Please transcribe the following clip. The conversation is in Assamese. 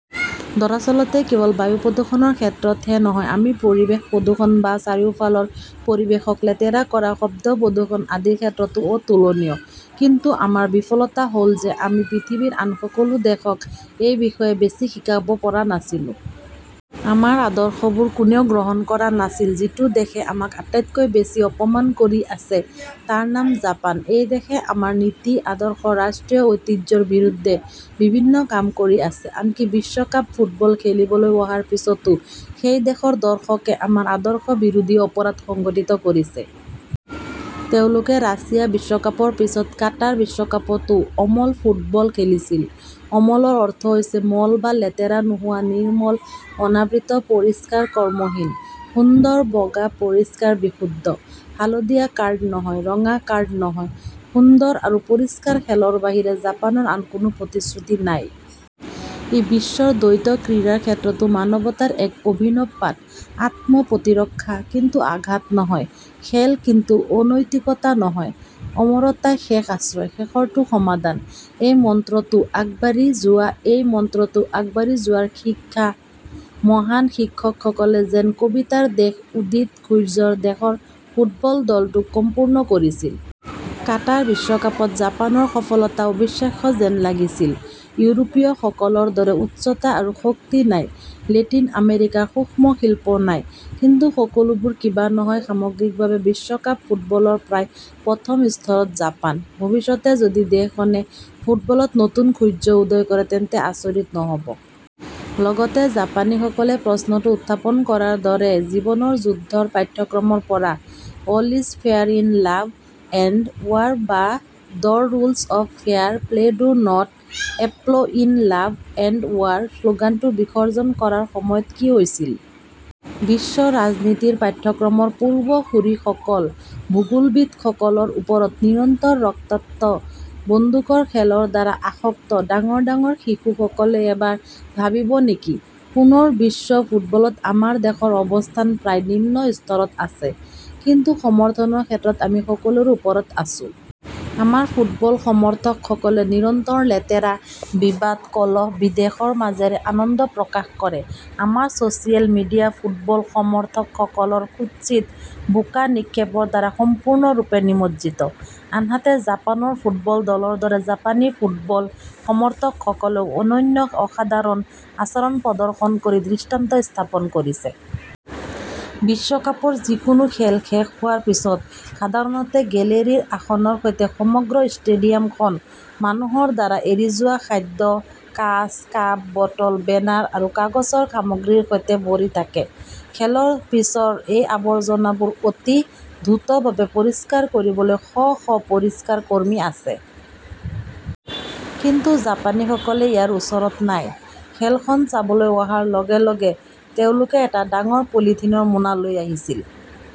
দৰাচলতে কেৱল বায়ু প্ৰদূষণৰ ক্ষেত্ৰতহে নহয়, আমি পৰিৱেশ প্ৰদূষণ বা চাৰিওফালৰ পৰিৱেশক লেতেৰা কৰা, শব্দ প্ৰদূষণ আদিৰ ক্ষেত্ৰতো অতুলনীয়। কিন্তু আমাৰ বিফলতা হ'ল যে, আমি পৃথিৱীৰ আন সকলো দেশক এই বিষয়ে বেছি শিকাব পৰা নাছিলো। আমাৰ আদৰ্শবোৰ কোনেও গ্ৰহণ কৰা নাছিল। যিটো দেশে আমাক আটাইতকৈ বেছি অপমান কৰি আছে, তাৰ নাম জাপান। এই দেশে আমাৰ নীতি, আদৰ্শ, ৰাষ্ট্ৰীয় ঐতিহ্যৰ বিৰুদ্ধে বিভিন্ন কাম কৰি আছে। আনকি বিশ্বকাপ ফুটবল খেলিবলৈ অহাৰ পিছতো সেই দেশৰ দৰ্শকে আমাৰ আদৰ্শ বিৰোধী অপৰাধ সংঘটিত কৰিছে। তেওঁলোকে ৰাছিয়া বিশ্বকাপৰ পিছত কাটাৰ বিশ্বকাপতো অমল ফুটবল খেলিছিল। অমলৰ অৰ্থ হৈছে মল বা লেতেৰা নোহোৱা-নিৰ্মল, অনাবৃত, পৰিষ্কাৰ, কৰ্মহীন। সুন্দৰ, বগা, পৰিষ্কাৰ, বিশুদ্ধ। হালধীয়া কাৰ্ড নহয়, ৰঙা কাৰ্ড নহয়। সুন্দৰ আৰু পৰিষ্কাৰ খেলৰ বাহিৰে জাপানৰ আন কোনো প্ৰতিশ্ৰুতি নাই। ই বিশ্বৰ দ্বৈত ক্ৰীড়াৰ ক্ষেত্ৰতো মানৱতাৰ এক অভিনব পাঠ। আত্ম-প্ৰতিৰক্ষা, কিন্তু আঘাত নহয়। খেল, কিন্তু অনৈতিকতা নহয়। অমৰতাই শেষ আশ্ৰয়। শেষৰটো সমাধান। এই মন্ত্ৰতো আগবাঢ়ি যোৱা, এই মন্ত্ৰতো আগবাঢ়ি যোৱাৰ শিক্ষা, মহান শিক্ষকসকলে জেন-কবিতাৰ দেশ, উদিদ সূৰ্যৰ দেশৰ ফুটবল দলটোক সম্পূৰ্ণ কৰিছিল। কাটাৰ বিশ্বকাপত জাপানৰ সফলতা অবিশ্বাস্য যেন লাগিছিল। ইউৰোপীয়সকলৰ দৰে উচ্চতা আৰু শক্তি নাই, লেটিন আমেৰিকাৰ সূক্ষ্ম শিল্প নাই, কিন্তু সকলোবোৰ কিবা নহয়। সামগ্ৰিকভাৱে, বিশ্বকাপ ফুটবলৰ প্ৰায় প্ৰথম স্তৰত জাপান। ভৱিষ্যতে যদি দেশখনে ফুটবলত নতুন সূৰ্য উদয় কৰে তেন্তে আচৰিত নহ 'ব। লগতে জাপানীসকলে প্ৰশ্নটো উত্থাপন কৰাৰ দৰে জীৱনৰ যুদ্ধৰ পাঠ্যক্ৰমৰ পৰা all is fair in love and war বা the rules of fair play do not apply in love and war শ্লোগানটো বিসৰ্জন কৰাৰ সময়ত কি হৈছিল? বিশ্ব ৰাজনীতিৰ পাঠ্যক্ৰমৰ পূৰ্বসূৰীসকল, ভূগোলবিদসকলৰ ওপৰত নিৰন্তৰ ৰক্তাক্ত বন্দুকৰ খেলৰ দ্বাৰা আসক্ত ডাঙৰ ডাঙৰ শিশুসকলে এবাৰ ভাবিব নেকি? পুনৰ বিশ্ব ফুটবলত আমাৰ দেশৰ অৱস্থান প্ৰায় নিম্ন স্তৰত আছে। কিন্তু সমৰ্থনৰ ক্ষেত্ৰত আমি সকলোৰে ওপৰত আছো। আমাৰ ফুটবল সমৰ্থকসকলে নিৰন্তৰ লেতেৰা, বিবাদ, কলহ, বিদ্বেষৰ মাজেৰে আনন্দ প্ৰকাশ কৰে। আমাৰ ছ'চিয়েল মিডিয়া ফুটবল সমৰ্থকসকলৰ কুৎসিত বোকা নিক্ষেপৰ দ্বাৰা সম্পূৰ্ণৰূপে নিমজ্জিত। আনহাতে, জাপানৰ ফুটবল দলৰ দৰে জাপানী ফুটবল সমৰ্থকসকলেও অনন্য অসাধাৰণ আচৰণ প্ৰদৰ্শন কৰি দৃষ্টান্ত স্থাপন কৰিছে। বিশ্বকাপৰ যিকোনো খেল শেষ হোৱাৰ পিছত সাধাৰণতে গেলেৰীৰ আসনৰ সৈতে সমগ্ৰ ষ্টেডিয়ামখন মানুহৰ দ্বাৰা এৰি যোৱা খাদ্য, কাঁচ, কাপ, বটল, বেনাৰ আৰু কাগজৰ সামগ্ৰীৰ সৈতে ভৰি থাকে। খেলৰ পিছৰ এই আৱৰ্জনাবোৰ অতি দ্ৰুতভাৱে পৰিষ্কাৰ কৰিবলৈ শ শ পৰিষ্কাৰ কৰ্মী আছে। কিন্তু জাপানীসকলে ইয়াৰ ওচৰত নাই। খেলখন চাবলৈ অহাৰ লগে লগে তেওঁলোকে এটা ডাঙৰ পলিথিনৰ মোনা লৈ আহিছিল।